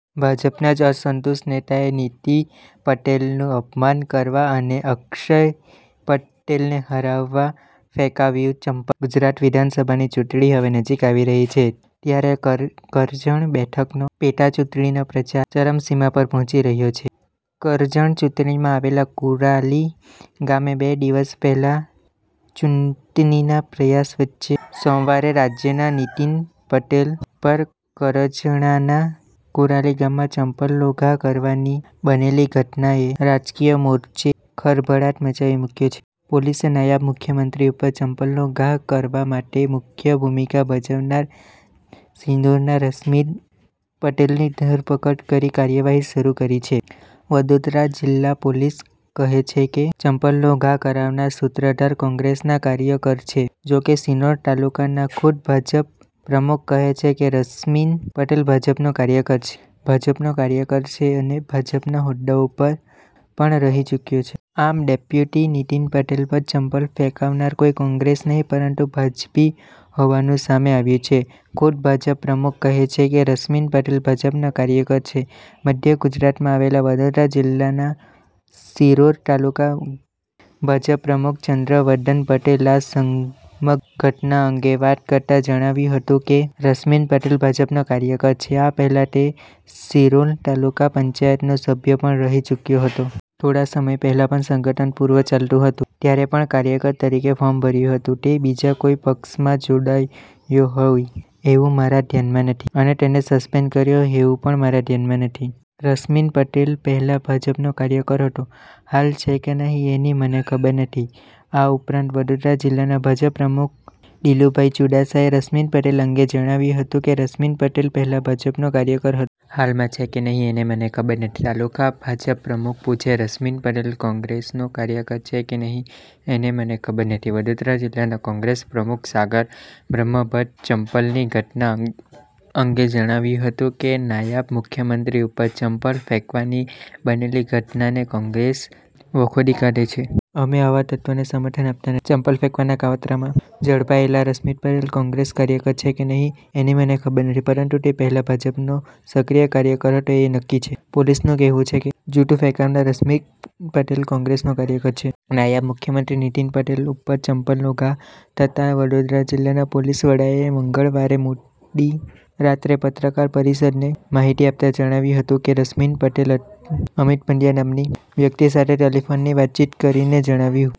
ભાજપના જ અસંતુષ્ટ નેતાએ નીતિન પટેલનું અપમાન કરવા અને અક્ષય પટેલને હરાવવા ફેંકાવ્યુ ચપ્પલ. ગુજરાત વિધાનસભાની ચુંટણી હવે નજીક આવી રહી છે. ત્યારે કરજણ બેઠકનો પેટાચૂંટણીનો પ્રચાર ચરમસીમાએ પહોંચી રહ્યો છે. કરજણમાં આવેલ કુરાલી ગામમાં બે દિવસ પહેલાં ચુત્નીના પ્રચાર વચ્ચે સોમવારે રાજ્યના નીતિન પટેલ પર કરજણના કુરાલી ગામમાં ચપ્પલનો ઘા કરવાની બનેલી ઘટનાએ રાજકીય મોરચે ખળભળાટ મચાવી મૂક્યો છે. પોલીસે નાયબ મુખ્યમંત્રી ઉપર ચપ્પલનો ઘા કરવા માટે મુખ્ય ભૂમિકા ભજવનાર શિનોરના રશ્મિન પટેલની ધરપકડ કરી કાર્યવાહી શરૂ કરી છે. વડોદરા જિલ્લા પોલીસ કહે છે કે ચપ્પલનો ઘા કરાવનાર સૂત્રધાર કોંગ્રેસનો કાર્યકર છે, જોકે, શિનોર તાલુકાના ખુદ ભાજપ-પ્રમુખ કહે છે કે, રશ્મિન પટેલ ભાજપનો કાર્યકર છે અને ભાજપમાં હોદ્દાઓ પર પણ રહી ચૂક્યો છે. આમ, ડેપ્યુટી નીતિન પટેલ પર ચપ્પલ ફેંકનાર કોઈ કોગ્રેસી નહિ પરંતુ ભાજપી હોવાનું સામે આવ્યું છે. ખુદ ભાજપ-પ્રમુખ કહે છે કે, રશ્મિન પટેલ ભાજપનો કાર્યકર છે. મધ્ય ગુજરાતમાં આવેલ વડોદરા જીલ્લાના શિનોર તાલુકા ભાજપ-પ્રમુખ ચંદ્રવદન પટેલે આ સમગ્ર ઘટના અંગે વાત કરતા જણાવ્યું હતું કે, રશ્મિન પટેલ ભાજપનો કાર્યકર છે, આ પહેલા તે શિનોર તાલુકા પંચાયતનો સભ્ય પણ રહી ચુક્યો હતો. થોડા સમય પહેલા પણ સંગઠન પર્વ ચાલતું હતું ત્યારે પણ કાર્યકર તરીકે ફોર્મ ભર્યું હતું. તે બીજા કોઇ પક્ષમાં જોડાયો હોય એવું મારા ધ્યાનમાં નથી અને તેને સસ્પેન્ડ કર્યો હોય એવું પણ મારા ધ્યાનમાં નથી. રશ્મિન પટેલ પહેલાં ભાજપનો કાર્યકર હતો, હાલ છે કે નહીં એની મને ખબર નથી. આ ઉપરાંત, વડોદરા જિલ્લા ભાજપ-પ્રમુખ દિલુભા ચૂડાસમાએ રશ્મિન પટેલ અંગે જણાવ્યું હતું કે રશ્મિન પટેલ પહેલાં ભાજપનો કાર્યકર હતો. હાલમાં છે કે નહીં એની મને ખબર નથી. તાલુકા ભાજપ-પ્રમુખને પૂછો. રશ્મિન પટેલ કોંગ્રેસનો કાર્યકર છે કે નહીં એની મને ખબર નથી વડોદરા જિલ્લા કોંગ્રેસપ્રમુખ સાગર બ્રહ્મભટ્ટે ચપ્પલની ઘટના અંગે જણાવ્યું હતું કે, નાયબ મુખ્યમંત્રી ઉપર ચપ્પલ ફેંકવાની બનેલી ઘટનાને કોંગ્રેસ વખોડી કાઢે છે. અમે આવાં તત્ત્વોને સમર્થન આપતા નથી. ચપ્પલ ફેંકવાના કાવતરામાં ઝડપાયેલા રશ્મિન પટેલ કોંગ્રેસનો કાર્યકર છે કે, નહીં એની મને ખબર નથી, પરંતુ તે પહેલાં ભાજપનો સક્રિય કાર્યકર હતો એ નક્કી છે. પોલીસનું કહેવું છે કે, જૂતું ફેંકાવનાર રશ્મિન પટેલ કોંગ્રેસનો કાર્યકર છે. નાયબ મુખ્યમંત્રી નીતિન પટેલ ઉપર ચપ્પલનો ઘા થતાં વડોદરા જિલ્લા પોલીસવડાએ મંગળવારે મોડી રાત્રે પત્રકાર પરિષદને માહિતી આપતાં જણાવ્યું હતું કે રશ્મિન પટેલે અમિત પંડ્યા નામની વ્યક્તિ સાથે ટેલિફોનિક વાતચીત કરીને જણાવ્યું